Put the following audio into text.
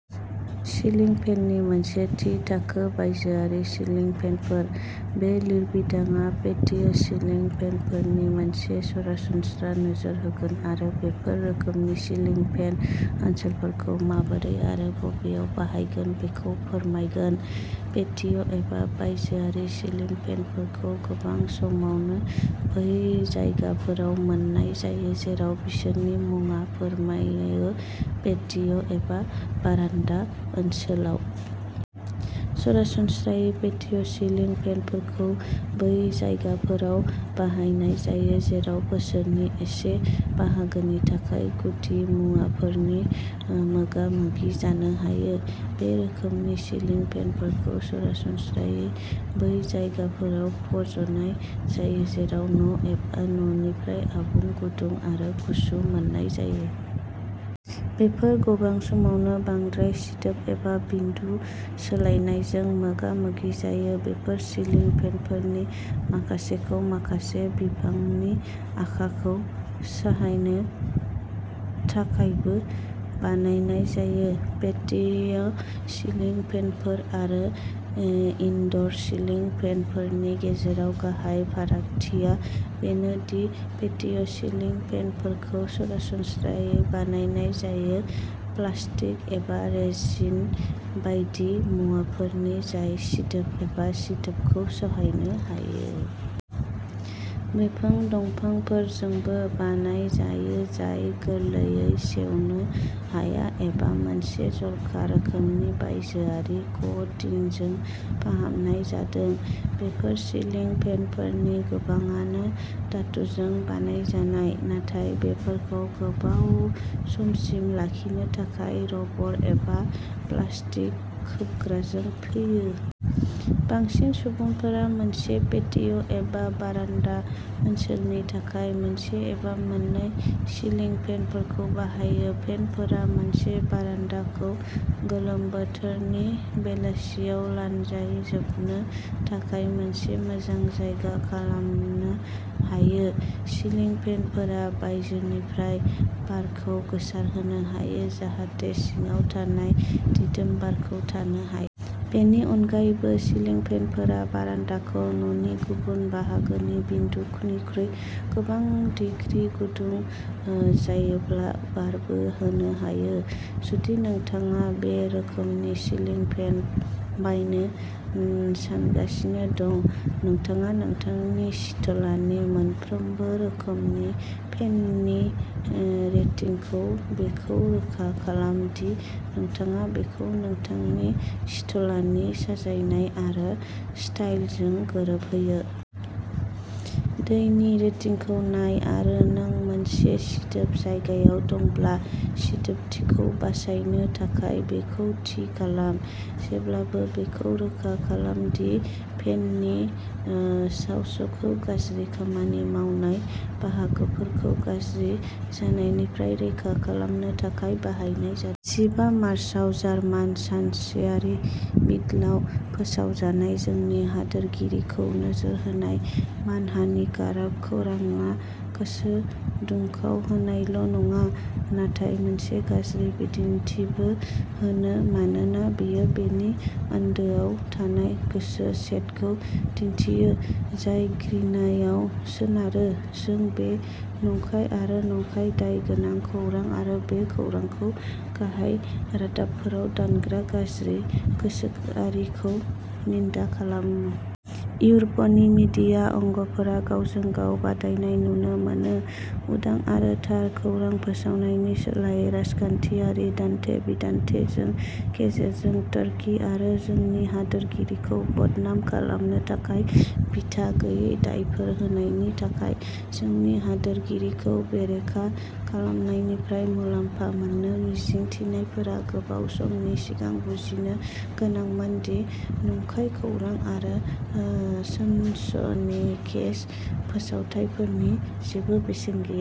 सिलिं फेननि मोनसे थि थाखो बायजोआरि सिलिं फेनफोर। बे लिरबिदांआ पेटिय'सिलिं फेनफोरनि मोनसे सरासनस्रा नोजोर होगोन आरो बेफोर रोखोमनि सिलिं फेन ओनसोलफोरखौ माबोरै आरो बबेयाव बाहायगोन बेखौ फोरमायगोन। पेटिय' एबा बायजोआरि सिलिं फेनफोरखौ गोबां समावनो बै जायगाफोराव मोन्नाय जायो जेराव बिसोरनि मुङा फोरमायो पेटिय' एबा बारान्दा ओनसोलाव। सरासनस्रायै पेटिय'सिलिं फेनफोरखौ बै जायगाफोराव बाहायनाय जायो जेराव बोसोरनि एसे बाहागोनि थाखाय गुदिमुवाफोरनि मोगामोगि जानो हायो। बे रोखोमनि सिलिं फेनफोरखौ सरासनस्रायै बै जायगाफोराव फज'नाय जायो जेराव न' एबा न'निफ्राय आबुं गुदुं आरो गुसु मोननाय जाया। बेफोर गोबां समावनो बांद्राय सिदोब एबा बिदुं सोलायनायजों मोगा-मोगि जायो। बेफोर सिलिं फेनफोरनि माखासेखौ माखासे बिबांनि अखाखौ सहायनो थाखायबो बानायनाय जायो। पेटिय'सिलिं फेनफोर आरो इनड'र सिलिं फेनफोरनि गेजेराव गाहाय फारागथिया बेनो दि पेटिय'सिलिं फेनफोरखौ सरासनस्रायै बानायनाय जायो प्लास्टिक एबा रेजिन बायदि मुवाफोरनि जाय सिदोब एबा सिदोबखौ सहायनो हायो। बेफोर दंफांफोरजोंबो बानाय जायो जाय गोरलैयै सेवनो हाया एबा मोनसे जर'खा रोखोमनि बायजोआरि क'टिंजों फाहामनाय जादों। बेफोर सिलिं फेनफोरनि गोबांआनो धातुजों बानायजानाय, नाथाय बेफोरखौ गोबाव समसिम लाखिनो थाखाय रबर एबा प्लास्टिक खोबग्राजों फैयो। बांसिन सुबुंफोरा मोनसे पेटिय' एबा बारान्दा ओनसोलनि थाखाय मोनसे एबा मोननै सिलिं फेनफोरखौ बाहायो। फेनफोरा मोनसे बारान्दाखौ गोलोम बोथोरनि बेलासियाव लानजाय जोबनो थाखाय मोनसे मोजां जायगा खालामनो हायो। सिलिं फेनफोरा बायजोनिफ्राय बारखौ गोसारहोनो हायो जाहाथे सिङाव थानाय दिदोम बारखौ थानो हाया। बेनि अनगायैबो, सिलिं फेनफोरा बारान्दाखौ न'नि गुबुन बाहागोनि बिदुंनिख्रुइ गोबां दिग्रि गुदुं जायोब्ला बारबो होनो हायो। जुदि नोंथाङा बे रोखोमनि सिलिं फेन बायनो सानगासिनो दं। नोंथाङा नोंथांनि सिथलानि मोनफ्रोमबो रोखोमनि फेननि रेटिंखौ बेखौ रोखा खालाम दि नोंथाङा बेखौ नोंथांनि सिथलानि साजायनाय आरो स्टाइलजों गोरोबहोयो। दैनि रेटिंखौ नाय आरो नों मोनसे सिदोब जायगायाव दंब्ला, सिदोबथिखौ बासायनो थाखाय बेखौ थि खालाम। जेब्लाबो बेखौ रोखा खालाम दि फेननि साबसखौ गाज्रि खामानि मावनाय बाहागोफोरखौ गाज्रि जानायनिफ्राय रैखा खालामनो थाखाय बाहायनाय जादों। जिबा मार्चाव जार्मान सानसेयारि बिल्डआव फोसावजानाय जोंनि हादोरगिरिखौ नोजोर होनाय मानहानिकारक खौरांआ गोसो दुंखांहोनायल' नङा, नाथाय मोनसे गाज्रि बिदिन्थिबो होयो मानोना बेयो बेनि आन्दोआव थानाय गोसो सेटखौ दिन्थियो, जाय घृणायाव सोनारो। जों बे नंखाय आरो नंखाय दाय गोनां खौरां आरो बे खौरांखौ गाहाय रादाबफोराव दोनग्रा गाज्रि गोसोआरिखौ निन्दा खालामो। इउर'पनि मीडिया अंगफोरा गावजों-गाव बादायनाय नुनो मोनो। उदां आरो थार खौरां फोसावनायनि सोलायै राजखान्थियारि दान्थे-बिदान्थेनि गेजेरजों तुर्की आरो जोंनि हादोरगिरिखौ बदनाम खालामनो थाखाय बिथा गैयै दायफोर होनायनि थाखाय। जोंनि हादोरगिरिखौ बेरेखा खालामनायनिफ्राय मुलाम्फा मोननो मिजिं थिनायफोरा गोबाव समनि सिगां बुजिनो गोनांमोन दि नंखाय खौरां आरो सनसनीखेज फोसावथायफोरनि जेबो बेसेन गैया।